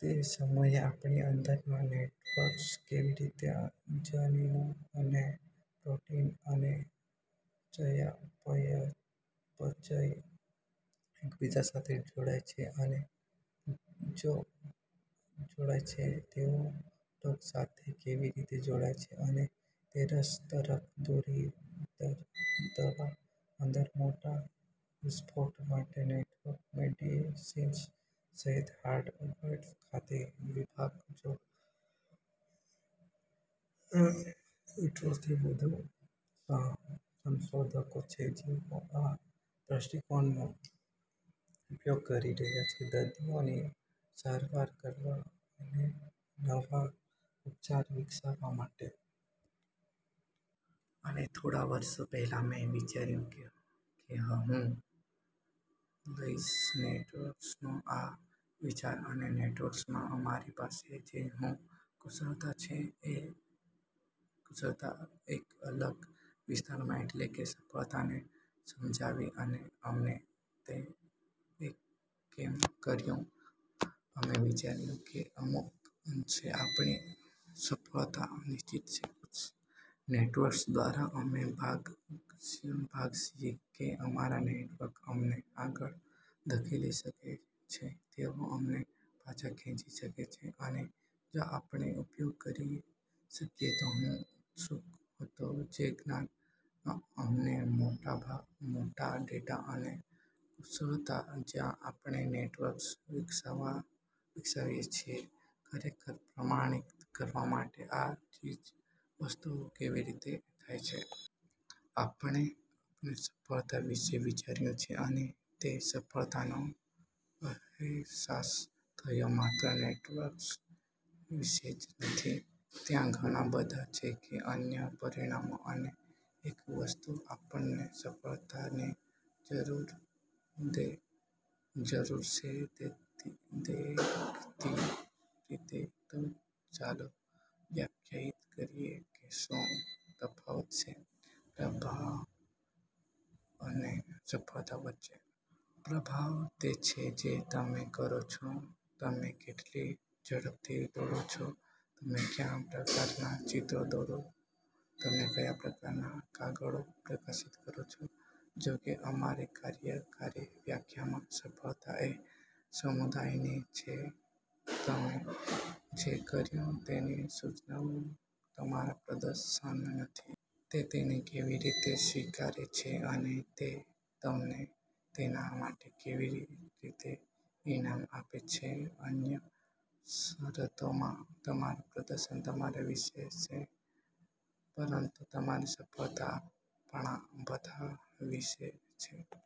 તે સમયે આપણી અંદરનાં નેટવર્ક્સ કેવી રીતે જનીનો અને પ્રોટીન અને ચયાપચય એકબીજા સાથે જોડાય છે અને તેઓ રોગ સાથે કેવી રીતે જોડાય છે. અને તે રસ તરફ દોરી દવા અંદર મોટા વિસ્ફોટ માટે નેટવર્ક મેડિસિન સહિત હાર્વર્ડ ખાતે વિભાગ જેમાં થ્રી હન્ડ્રેડ થી વધુ સંશોધકો છે જેઓ આ દ્રષ્ટિકોણનો ઉપયોગ કરી રહ્યા છે દર્દીઓની સારવાર કરવા અને નવા ઉપચાર વિકસાવવા માટે. અને થોડા વર્ષો પહેલા, મેં વિચાર્યું કે હું લઈશ નેટવર્ક્સનો આ વિચાર અને નેટવર્ક્સમાં અમારી પાસે જે કુશળતા છે એક અલગ વિસ્તારમાં એટલે કે સફળતાને સમજવી. અને અમે તે કેમ કર્યું? અમે વિચાર્યું કે અમુક અંશે આપણી સફળતા નિશ્ચિત છે. નેટવર્ક્સ દ્વારા અમે ભાગ છીએ કે અમારા નેટવર્ક અમને આગળ ધકેલી શકે છે, તેઓ અમને પાછા ખેંચી શકે છે. અને જો આપણે ઉપયોગ કરી શકીએ તો હું ઉત્સુક હતો જે જ્ઞાન અને મોટા ડેટા અને કુશળતા જ્યાં આપણે નેટવર્ક વિકસાવીએ છીએ ખરેખર પ્રમાણિત કરવા માટે આ વસ્તુઓ કેવી રીતે થાય છે. આપણે સફળતા વિશે વિચાર્યું છે. અમને એ સફળતાનો અહેસાસ થયો માત્ર નેટવર્ક્સ વિશે જ નથી, ત્યાં ઘણા બધા છે કે અન્ય પરિમાણો. અને એક વસ્તુ આપણને સફળતાની જરૂર છે દેખીતી રીતે. તો ચાલો વ્યાખ્યાયિત કરીએ કે શું તફાવત છે પ્રભાવ અને સફળતા વચ્ચે. પ્રભાવ તે છે જે તમે કરો છો. તમે કેટલી ઝડપથી દોડો છો, તમે કયા પ્રકારનાં ચિત્રો દોરો, તમે કયા પ્રકારનાં કાગળો પ્રકાશિત કરો છો. જોકે અમારી કાર્યકારી વ્યાખ્યામાં સફળતા એ સમુદાયની છે તમે જે કર્યું તેની સૂચનાઓ તમારા પ્રદર્શનથી. તે તેને કેવી રીતે સ્વીકારે છે અને તે તમને તેના માટે કેવી રીતે ઇનામ આપે છે? અન્ય શરતોમાં તમારું પ્રદર્શન તમારા વિશે છે પરંતુ તમારી સફળતા આપણા બધા વિશે છે.